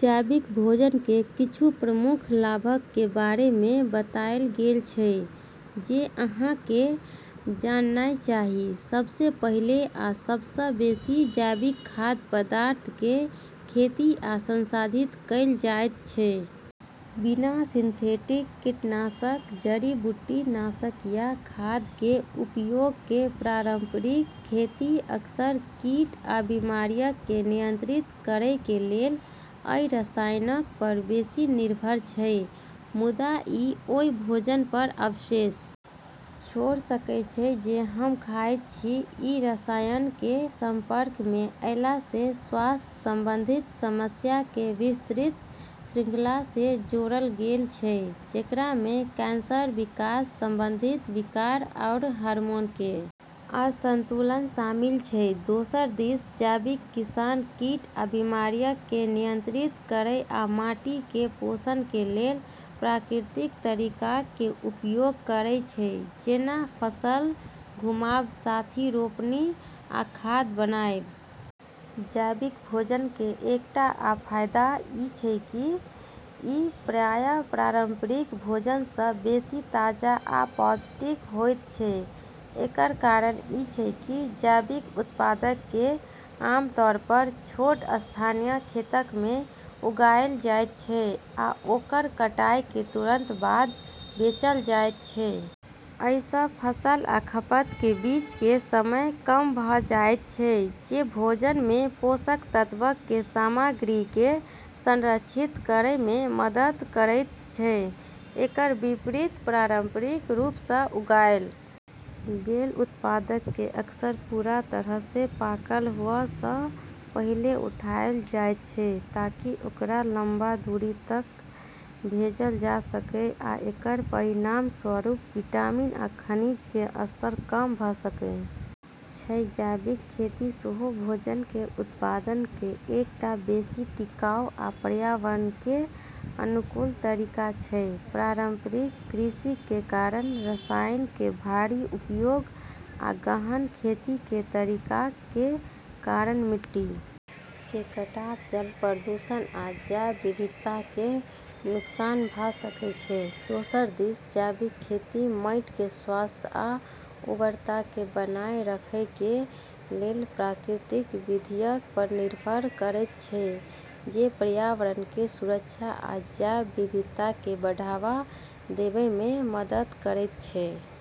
जैविक भोजन कें किच्छू प्रमुख लाभक कें बारे मे बताएल गेल छै जे अहां कें जाननाय चाही, सबसे पहिले आ सब सं बेसि जैविक खाद्य पदार्थक कें खेती आ संसाधित कैल जायत छै, बिना सिंथेटिक कीटनाशक, जड़ी-बूटी नाशक या खाद कें उपयोग कें पारंपरिक खेती अक्सर कीट आ बीमारियक कें नियंत्रित करय कें लेल अइ रसायनक पर बेसि निर्भर छै मुदा इ ओय भोजन पर अवशेष छोड़ सकय छै जे हम खायत छी, ई रसायनऽ के संपर्क मे ऐला से स्वास्थ्य संबंधी समस्या के विस्तृत श्रृंखला से जोड़लऽ गेलऽ छै जेकरा मे कैंसर, विकास संबंधी विकार, आरू हार्मोन के असंतुलन शामिल छै, दोसर दिस जैविक किसान कीट आ बीमारियक कें नियंत्रित करय आ माटी कें पोषण कें लेल प्राकृतिक तरीकाक कें उपयोग करय छै जेना फसल घुमाव, साथी रोपनी आ खाद बनावा, जैविक भोजन कें एकटा आ फायदा इ छै की इ प्रायः पारंपरिक भोजन सं बेसि ताजा आ पौष्टिक होयत छै, एकर कारण इ छै की जैविक उत्पादक कें आमतौर पर छोट, स्थानीय खेतक मे उगाएल जायत छै आ ओकर कटाई कें तुरंत बाद बेचल जायत छै. अइ सं फसल आ खपत कें बीच कें समय कम भ जायत छै जे भोजन मे पोषक तत्वक कें सामग्री कें संरक्षित करय मे मदद करएयत छै, एकर विपरीत पारंपरिक रूप सं उगाएल गेल उत्पादक कें अक्सर पूरा तरह सं पाकल हुअ सं पहिले उठाएल जायत छै, ताकि ओकरा लंबा दूरी तइक भेजल जा सकय आ एकर परिणामस्वरूप विटामिन आ खनिज कें स्तर कम भ सकय छै, जैविक खेती सेहो भोजन कें उत्पादन कें एकटा बेसि टिकाऊ आ पर्यावरण कें अनुकूल तरीका छै, पारंपरिक कृषि कें कारण रसायन कें भारी उपयोग आ गहन खेती कें तरीकाक कें कारण मिट्टी कें कटाव, जल प्रदूषण आ जैव विविधता कें नुकसान भ सकय छै, दोसर दिस जैविक खेती माइट कें स्वास्थ्य आ उर्वरता कें बनाए रखएय कें लेल प्राकृतिक विधियक पर निर्भर करएयत छै जे पर्यावरण कें सुरक्षा आ जैव विविधता कें बढ़ावा देवय मे मदद करएयत छै।